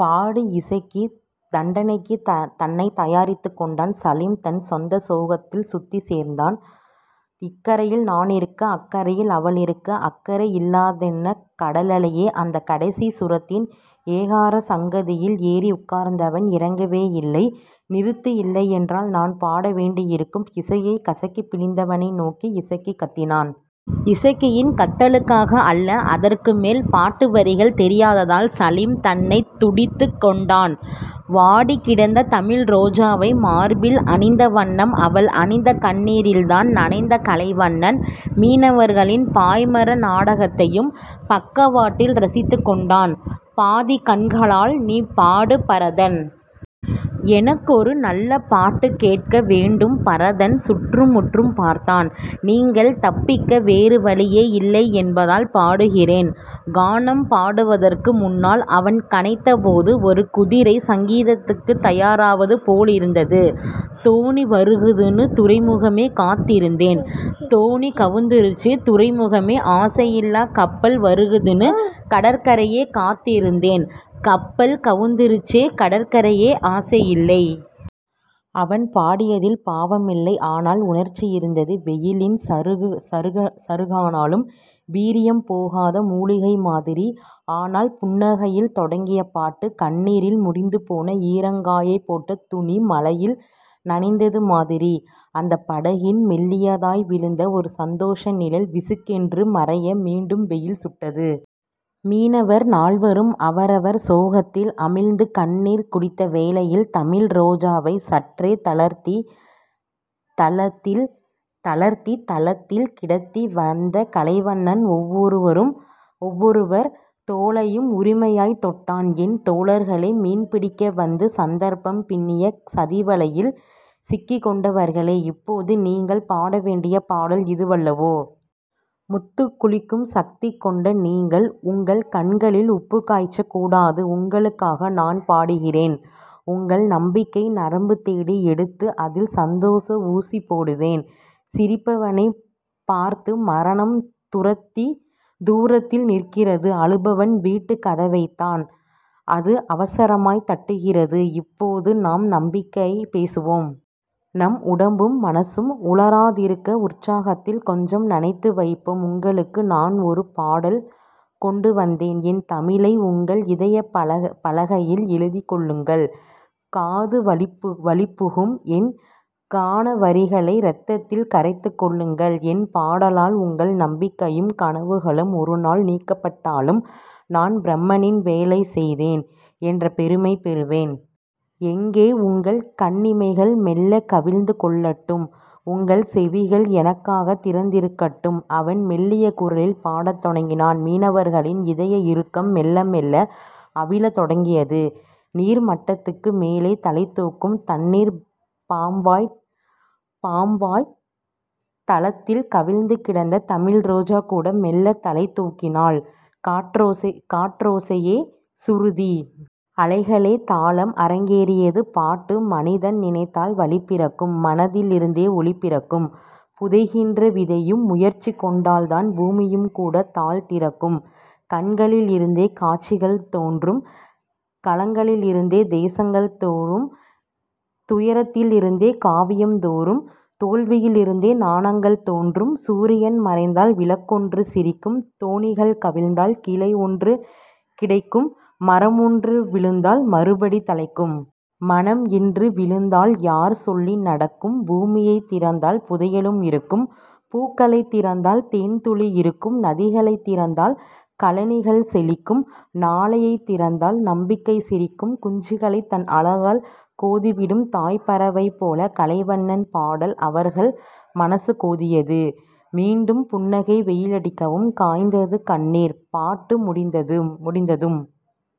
பாடு. இசக்கி தண்டனைக்குத் தன்னைத் தயாரித்துக் கொண்டான். சலீம் தன் சொந்த சோகத்தில் சுதி சேர்த்தான். இக்கரையில் நானிருக்க அக்கரையில் அவளிருக்க அக்கறை இல்லாததென்ன கடலலையே. அந்தக் கடைசி சுரத்தின் ஏகாரசங்கதியில் ஏறி உட்கார்ந்தவன் இறங்கவேயில்லை. நிறுத்து. இல்லையென்றால் நான் பாட வேண்டியிருக்கும். இசையைக் கசக்கிப் பிழிந்தவனை நோக்கி இசக்கி கத்தினான். இசக்கியின் கத்தலுக்காக அல்ல அதற்கு மேல் பாட்டு வரிகள் தெரியாததால் சலீம் தன்னைத் துண்டித்துக் கொண்டான். வாடிக்கிடந்த தமிழ்ரோஜாவை மார்பில் அணிந்த வண்ணம், அவள் அழுத கண்ணீரில் தான் நனைந்த கலைவண்ணன், மீனவர்களின் பாமர நாடகத்தையும் பக்கவாட்டில் ரசித்துக் கொண்டான் பாதிக்கண்களால். நீ பாடு பரதன். எனக்கொரு நல்ல பாட்டுக் கேட்க வேண்டும் பரதன் சுற்றும்முற்றும் பார்த்தான். நீங்கள் தப்பிக்க வேறுவழியே இல்லை என்பதால் பாடுகிறேன். கானம் பாடுவதற்கு முன்னால் அவன் கனைத்தபோது ஒரு குதிரை சங்கீதத்துக்குத் தயாராவது போலிருந்தது. தோணி வருகுதுன்னு துறைமுகமே காத்திருந்தேன் தோணி கவுந்திருச்சே துறைமுகமே ஆசையில்ல கப்பல் வருகுதுன்னு கடற்கரையே காத்திருந்தேன் கப்பல் கவுந்திருச்சே கடற்கரையே ஆசையில்ல. அவன் பாடியதில் பாவமில்லை. ஆனால், உணர்ச்சி இருந்தது வெயிலில் சருகானாலும் வீரியம் போகாத முலிகை மாதிரி. ஆனால், புன்னகையில் தொடங்கிய பாட்டு கண்ணீரில் முடிந்து போனது ஈரங்காயப் போட்ட துணி மழையில் நனைந்தது மாதிரி. அந்தப் படகில் மெல்லியதாய் விழுந்த ஒரு சந்தோஷ நிழல் விசுக்கென்று மறைய மீண்டும் வெயில் சுட்டது. மீனவர் நால்வரும் அவரவர் சோகத்தில் அமிழ்ந்து கண்ணீர் குடித்த வேளையில் தமிழ்ரோஜாவைச் சற்றே தளர்த்தித் தளத்தில் கிடத்தி வந்த கலைவண்ணன் ஒவ்வொருவர் தோளையும் உரிமையாய்த் தொட்டான். என் தோழர்களே. மீன் பிடிக்க வந்து சந்தர்ப்பம் பின்னிய சதிவலையில் சிக்கிக் கொண்டவர்களே. இப்போது நீங்கள் பாடவேண்டிய பாடல் இதுவல்லவே. முத்துக் குளிக்கும் சக்தி கொண்ட நீங்கள்... உங்கள் கண்களில் உப்புக் காய்ச்சக்கூடாது. உங்களுக்காக நான் பாடுவேன். உங்கள் நம்பிக்கை நரம்பு தேடி எடுத்து அதில் சந்தோஷ ஊசி போடுவேன். சிரிப்பவனைப் பார்த்து மரணம் தூரத்தில் நிற்கிறது. அழுபவன் வீட்டுக் கதவைத்தான் அது அவசரமாய்த் தட்டுகிறது. இப்போது நாம் நம்பிக்கை பேசுவோம். நம் உடம்பும் மனசும் உலராதிருக்க உற்சாகத்தில் கொஞ்சம் நனைத்து வைப்போம். உங்களுக்கு நான் ஒரு பாடல் கொண்டு வந்தேன். என் தமிழை உங்கள் இதயப் பலகையில் எழுதிக் கொள்ளுங்கள். காதுவழிப்புகும் என் கானவரிகளை ரத்தத்தில் கரைத்துக் கொள்ளுங்கள். என் பாடலால் உங்கள் நம்பிக்கையும் கனவுகளும் ஒருநாள் நீட்டிக்கப்பட்டாலும் நான் பிரம்மனின் வேலை செய்தேன் என்ற பெருமை பெறுவேன். எங்கே, உங்கள் கண்ணிமைகள் மெள்ளக் கவிழ்ந்து கொள்ளட்டும். உங்கள் செவிகள் எனக்காகத் திறந்திருக்கட்டும். அவன் மெல்லிய குரலில் பாடத்தொடங்கினான். மீனவர்களின் இதய இறுக்கம் மெள்ள மெள்ள அவிழத் தொடங்கியது. நீர்மட்டத்துக்கு மேலே தலைதூக்கும் தண்ணீர்ப்பாம்பாய்த் தளத்தில் கவிழ்ந்து கிடந்த தமிழ்ரோஜாகூட மெள்ளத் தலை தூக்கினாள். காற்றோசையே சுருதி. அலைகளே தாளம். அரங்கேறியது பாட்டு மனிதன் நினைத்தால் வழி பிறக்கும். மனதிலிருந்தே ஒளி பிறக்கும் புதைக்கின்ற விதையும் முயற்சி கொண்டால்தான் பூமியும்கூடத் தாழ் திறக்கும் கண்களிலிருந்தே காட்சிகள் தோன்றும் களங்களிலிருந்தே தேசங்கள் தோன்றும் துயரத்திலிருந்தே காவியம் தோன்றும் தோல்வியிலிருந்தே ஞானங்கள் தோன்றும் சூரியன் மறைந்தால் விளக்கொன்று சிரிக்கும் தோணிகள் கவிழ்ந்தால் கிளை ஒன்று கிடைக்கும் மரமொன்று விழுந்தால் மறுபடி தழைக்கும். மனம் இன்று விழுந்தால் யார் சொல்லி நடக்கும்? பூமியைத் திறந்தால் புதையலும் இருக்கும். பூக்களைத் திறந்தால் தேன்துளி இருக்கும் நதிகளைத் திறந்தால் கழனிகள் செழிக்கும் நாளையைத் திறந்தால் நம்பிக்கை சிரிக்கும். குஞ்சுகளைத் தன் அலகால் கோதிவிடும் தாய்ப்பறவை போல கலைவண்ணன் பாடல் அவர்கள் மனசு கோதியது. மீண்டும் புன்னகை வெயிலடிக்கவும் காய்ந்தது கண்ணீர். பாட்டு முடிந்ததும்